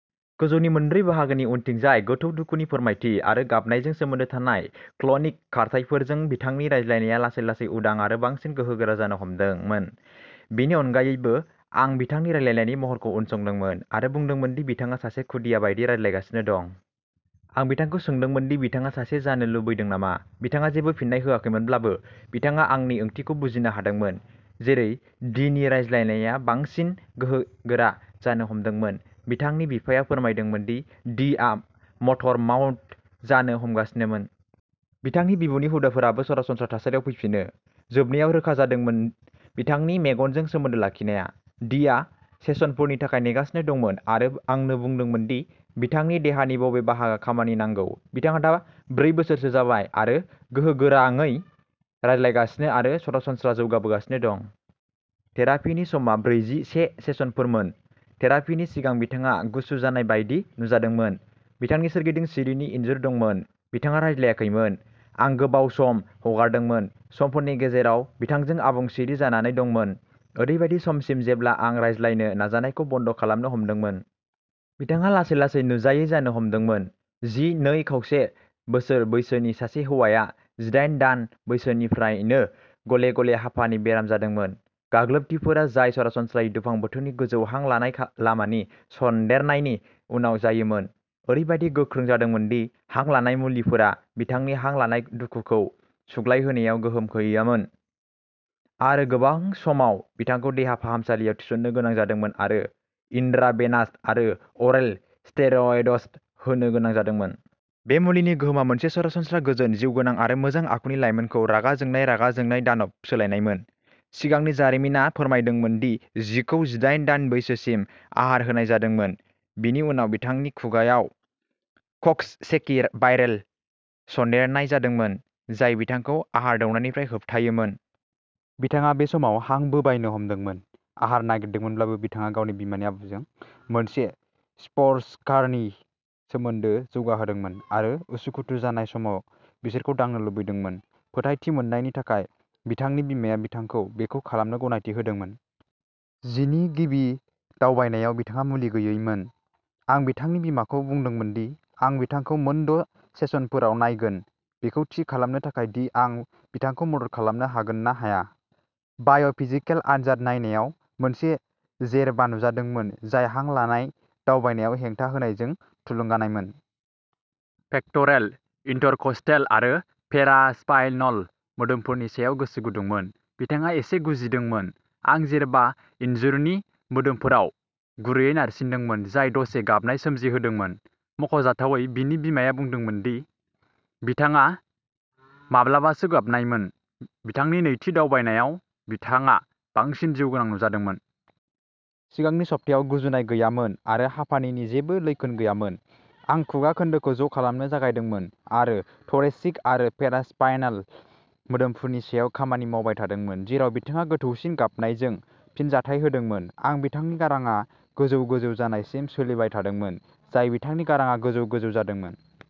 गोजौनि मोनब्रै बाहागोनि उनथिंजाय। गोथौ दुखुनि फोरमायथि आरो गाबनायजों सोमोन्दो थानाय क्लनिक खारथाइफोरजों, बिथांनि रायज्लायनाया लासै-लासै उदां आरो बांसिन गोहोगोरा जानो हमदोंमोन। बेनि अनगायैबो, आं बिथांनि रायज्लायनायनि महरखौ उनसंदोंमोन आरो बुंदोंमोन दि बिथाङा सासे खुदिया बायदि रायज्लायगासिनो दं। आं बिथांखौ सोंदोंमोन दि बिथाङा सासे जानो लुबैदों नामा। बिथाङा जेबो फिननाय होआखैमोनब्लाबो, बिथाङा आंनि ओंथिखौ बुजिनो हादोंमोन। जेरै डीनि रायज्लायनाया बांसिन गोहोगोरा जानो हमदोंमोन, बिथांनि बिफाया फोरमायदोंमोन दि डीआ मटर माउथ जानो हमगासिनोमोन। बिथांनि बिबुनि हुदाफोराबो सरासनस्रा थासारियाव फैफिनो। जोबनायाव रोखा जादोंमोन बिथांनि मेगनजों सोमोन्दो लाखिनाया। डीआ सेसनफोरनि थाखाय नेगासिनो दंमोन आरो आंनो बुंदोंमोन दि बिथांनि देहानि बबे बाहागोआ खामानि नांगौ। बिथाङा दा ब्रै बोसोरसो जाबाय आरो गोहोगोराङै रायज्लायगासिनो आरो सरासनस्रा जौगाबोगासिनो दं। थेरापीनि समा ब्रैजि-से सेसनफोरमोन। थेरापीनि सिगां बिथाङा गुसु जानाय बायदि नुजादोंमोन, बिथांनि सोरगिदिं सिरिनि इनजुर दंमोन। बिथाङा रायज्लायाखैमोन। आं गोबाव सम हगारदोंमोन। समफोरनि गेजेराव बिथांजों आबुं सिरि जानानै दंमोन, ओरैबायदि समसिम जेब्ला आं रायज्लायनो नाजानायखौ बन्द' खालामनो हमदोंमोन। बिथाङा लासै-लासै नुजायै जानो हमदोंमोन। जि, नै खावसे बोसोर बैसोनि सासे हौवाया जिदाइन दान बैसोनिफ्रायनो गले-गले हापानि बेराम जादोंमोन। गाग्लोबथिफोरा, जाय सरासनस्रायै दुफां बोथोरनि गोजौ हां लानाय लामानि सन्देरनायनि उनाव जायोमोन, ओरैबायदि गोख्रों जादोंमोन दि हां लानाय मुलिफोरा बिथांनि हां लानाय दुखुखौ सुग्लायहोनायाव गोहोम गैयैमोन, आरो गोबां समाव बिथांखौ देहा फाहामसालियाव थिसननो गोनां जादोंमोन आरो इन्ट्राभेनास आरो अरेल स्टेरइड्स होनो गोनां जादोंमोन। बे मुलिनि गोहोमा मोनसे सरासनस्रा गोजोन, जिउगोनां आरो मोजां आखुनि लाइमोनखौ रागा जोंनाय, रागा जोंनाय दानबआव सोलायनायमोन। सिगांनि जारिमिना फोरमायदोंमोन दि जिखौ जिदाइन दान बैसोसिम आहार होनाय जादोंमोन। बिनि उनाव बिथांनि खुगाआव कक्ससेकि भाइरेल सन्देरनाय जादोंमोन, जाय बिथांखौ आहार दौनायनिफ्राय होबथायोमोन। बिथाङा बे समाव हां बोबायनो हमदोंमोन। आहार नागारदोंमोनब्लाबो, बिथाङा गावनि बिमानि आबुजों मोनसे स्पर्शकारि सोमोनदो जौगाहोदोंमोन। आरो उसुखुथु जानाय समाव बिसोरखौ दांनो लुबैदोंमोन। फोथायथि मोन्नायनि थाखाय, बिथांनि बिमाया बिथांखौ बेखौ खालामनो गनायथि होदोंमोन। जिनि गिबि दावबायनायाव बिथाङा मुलि गैयैमोन। आं बिथांनि बिमाखौ बुंदोंमोन दि आं बिथांखौ मोनद' सेसनफोराव नायगोन बेखौ थि खालामनो थाखाय दि आं बिथांखौ मदद खालामनो हागोन ना हाया। बाय'फिजिकेल आनजाद नायनायाव मोनसे जेरबा नुजादोंमोन जाय हां लानाय दावबायनायाव हेंथा होनायजों थुलुंगानायमोन। पेक्ट'रेल, इन्टरकस्टेल आरो पेरास्पाइनल मोदोमफोरनि सायाव गोसो गुदुंमोन। बिथाङा एसे गुजिदोंमोन। आं जेरबा इन्जुरनि मोदोमफोराव गुरैयै नारसिनदोंमोन जाय दसे गाबनाय सोमजिहोदोंमोन। मख'जाथावै, जिनि बिमाया बुंदोंमोन दि बिथाङा माब्लाबासो गाबनायमोन। बिथांनि नैथि दावबायनायाव बिथाङा बांसिन जिउगोनां नुजादोंमोन। सिगांनि सप्तायाव गुजुनाय गैयामोन आरो हापानिनि जेबो लैखोन गैयामोन। आं खुगा खोन्दोखौ ज' खालामनो जागायदोंमोन आरो थ'रेसिक आरो पेरास्पाइनल मोदोमफोरनि सायाव खामानि मावबाय थादोंमोन, जेराव बिथाङा गोथौसिन गाबनायजों फिनजाथाय होदोंमोन। आं बिथांनि गारांआ गोजौ-गोजौ जानायसिम सोलिबाय थादोंमोन, जाय बिथांनि गारांआ गोजौ-गोजौ जादोंमोन।